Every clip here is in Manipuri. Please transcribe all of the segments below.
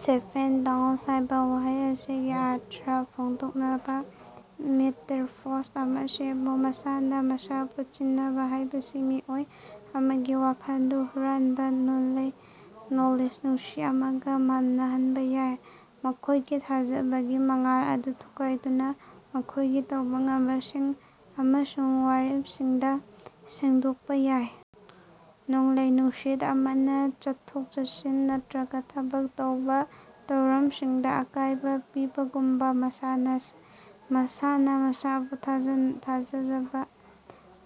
"ꯁꯦꯜꯐ-ꯗꯣꯎꯇ" ꯍꯥꯏꯕ ꯋꯥꯍꯩ ꯑꯁꯤꯒꯤ ꯑꯔꯊ ꯐꯣꯡꯗꯣꯛꯅꯕꯥ ꯃꯦꯇꯥꯐꯣꯔ ꯑꯃ ꯁꯦꯝꯃꯨ꯫ ꯃꯁꯥꯅ ꯃꯁꯥꯕꯨ ꯆꯤꯡꯅꯕ ꯍꯥꯏꯕꯁꯤ ꯃꯤꯑꯣꯏ ꯑꯃꯒꯤ ꯋꯥꯈꯜꯗ ꯍꯨꯔꯥꯟꯕ ꯅꯣꯡꯂꯩ-ꯅꯨꯡꯁꯤꯠ ꯑꯃꯒ ꯃꯥꯟꯅꯍꯟꯕ ꯌꯥꯏ, ꯃꯈꯣꯏꯒꯤ ꯊꯥꯖꯕꯒꯤ ꯃꯉꯥꯜ ꯑꯗꯨ ꯊꯨꯒꯥꯏꯗꯨꯅ ꯃꯈꯣꯏꯒꯤ ꯇꯧꯕ ꯉꯝꯕꯁꯤꯡ ꯑꯃꯁꯨꯡ ꯋꯥꯔꯦꯞꯁꯤꯡꯗ ꯁꯦꯡꯗꯣꯛꯄ ꯌꯥꯏ꯫ ꯅꯣꯡꯂꯩ-ꯅꯨꯡꯁꯤꯠ ꯑꯃꯅ ꯆꯠꯊꯣꯛ-ꯆꯠꯁꯤꯟ ꯅꯠꯇꯔꯒ ꯊꯕꯛ ꯊꯧꯔꯝꯁꯤꯡꯗ ꯑꯀꯥꯏꯕ ꯄꯤꯕꯒꯨꯝꯅ, ꯃꯁꯥꯅ ꯃꯁꯥꯕꯨ ꯊꯥꯖꯖꯕꯅ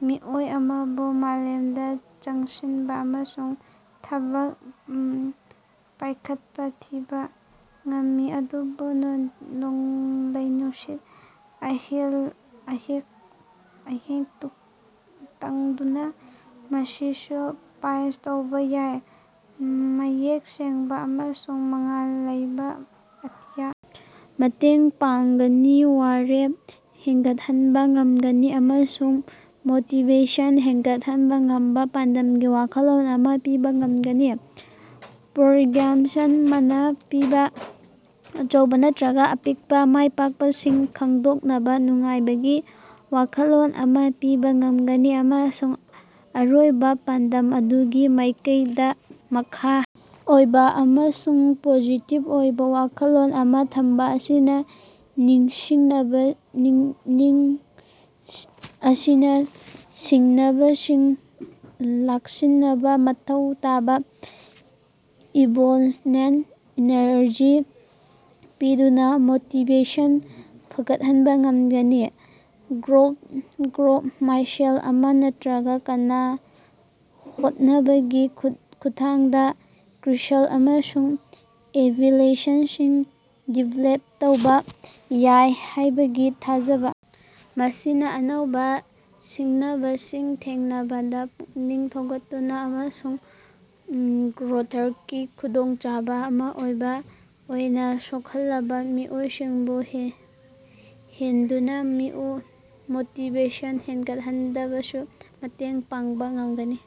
ꯃꯤꯑꯣꯏ ꯑꯃꯕꯨ ꯃꯥꯂꯝꯗ ꯆꯪꯁꯤꯟꯕ ꯑꯃꯁꯨꯡ ꯊꯕꯛ ꯄꯥꯏꯈꯠꯄ ꯊꯤꯡꯕ ꯉꯝꯃꯤ꯫ ꯑꯗꯨꯕꯨ ꯅꯣꯡꯂꯩ-ꯅꯨꯡꯁꯤꯠ ꯑꯃꯍꯦꯛꯇꯒꯨꯝꯅ, ꯃꯁꯤꯁꯨ ꯄꯥꯁ ꯇꯧꯕ ꯌꯥꯏ, ꯃꯌꯦꯛ ꯁꯦꯡꯕꯥ ꯑꯃꯁꯨꯡ ꯃꯉꯥꯜ ꯂꯩꯕ ꯑꯇꯤꯌꯥ ꯃꯇꯦꯡ ꯄꯥꯡꯒꯅꯤ, ꯋꯥꯔꯦꯞ ꯍꯦꯟꯒꯠꯍꯟꯕꯥ ꯉꯝꯒꯅꯤ ꯑꯃꯁꯨꯡ ꯃꯣꯇꯤꯕꯦꯁꯟ ꯍꯦꯟꯒꯠꯍꯟꯕꯥ ꯉꯝꯕꯥ ꯄꯥꯟꯗꯝꯒꯤ ꯋꯥꯈꯜꯂꯣꯟ ꯑꯃ ꯄꯤꯕ ꯉꯝꯒꯅꯤ꯫ ꯄ꯭ꯔꯣꯒ꯭ꯔꯦꯁꯇꯥ ꯃꯅꯥ ꯄꯤꯕꯥ: ꯑꯆꯧꯕ ꯅꯠꯇꯔꯒ ꯑꯄꯤꯛꯄꯥ ꯃꯥꯏꯄꯥꯛꯄꯁꯤꯡ ꯈꯪꯗꯣꯛꯅꯕ ꯅꯨꯡꯉꯥꯏꯕꯒꯤ ꯋꯥꯈꯜꯂꯣꯟ ꯑꯃ ꯄꯤꯕ ꯉꯝꯒꯅꯤ ꯑꯃꯁꯨꯡ ꯑꯔꯣꯏꯕ ꯄꯥꯟꯗꯝ ꯑꯗꯨꯒꯤ ꯃꯥꯏꯀꯩꯗ ꯃꯈꯥ ꯑꯣꯏꯕ ꯑꯃꯁꯨꯡ ꯄꯣꯖꯤꯇꯤꯕ ꯑꯣꯏꯕ ꯋꯥꯈꯜꯂꯣꯟ ꯑꯃ ꯊꯝꯕꯥ ꯑꯁꯤꯅ ꯁꯤꯡꯅꯕꯁꯤꯡ ꯂꯥꯛꯁꯤꯟꯅꯕꯥ ꯃꯊꯧ ꯇꯥꯕ ꯏꯃꯣꯁꯅꯦꯜ ꯏꯅꯔꯖꯤ ꯄꯤꯗꯨꯅ ꯃꯣꯇꯤꯕꯦꯁꯟ ꯐꯒꯠꯍꯟꯕꯥ ꯉꯝꯒꯅꯤ꯫ ꯒ꯭ꯔꯣꯊ ꯃꯥꯏꯟꯁꯦꯠ ꯑꯃ, ꯅꯠꯇꯔꯒ ꯀꯟꯅꯥ ꯍꯣꯠꯅꯕꯒꯤ ꯈꯨꯠꯊꯥꯡꯗ ꯁ꯭ꯀꯤꯜ ꯑꯃꯁꯨꯡ ꯑꯦꯕꯤꯂꯤꯇꯤꯁꯤꯡ ꯗꯤꯕꯦꯂꯞ ꯇꯧꯕ ꯌꯥꯏ ꯍꯥꯏꯕꯒꯤ ꯊꯥꯖꯕ ꯃꯁꯤꯅ ꯑꯅꯧꯕ ꯁꯤꯡꯅꯕꯁꯤꯡ ꯊꯦꯡꯅꯕꯗꯥ ꯄꯨꯛꯅꯤꯡ ꯊꯧꯒꯠꯇꯨꯅ ꯑꯃꯁꯨꯡ ꯒ꯭ꯔꯣꯊꯀꯤ ꯈꯨꯗꯣꯡꯆꯥꯕ ꯑꯃ ꯑꯣꯏꯅ ꯁꯣꯍꯜꯂꯕꯥ ꯃꯤꯑꯣꯏꯁꯤꯡꯕꯨ ꯌꯦꯡꯗꯨꯅꯥ ꯃꯣꯇꯤꯕꯦꯁꯟ ꯍꯦꯒꯠꯍꯟꯕꯗꯁꯨ ꯃꯇꯦꯡ ꯄꯥꯡꯕ ꯉꯝꯒꯅꯤ꯫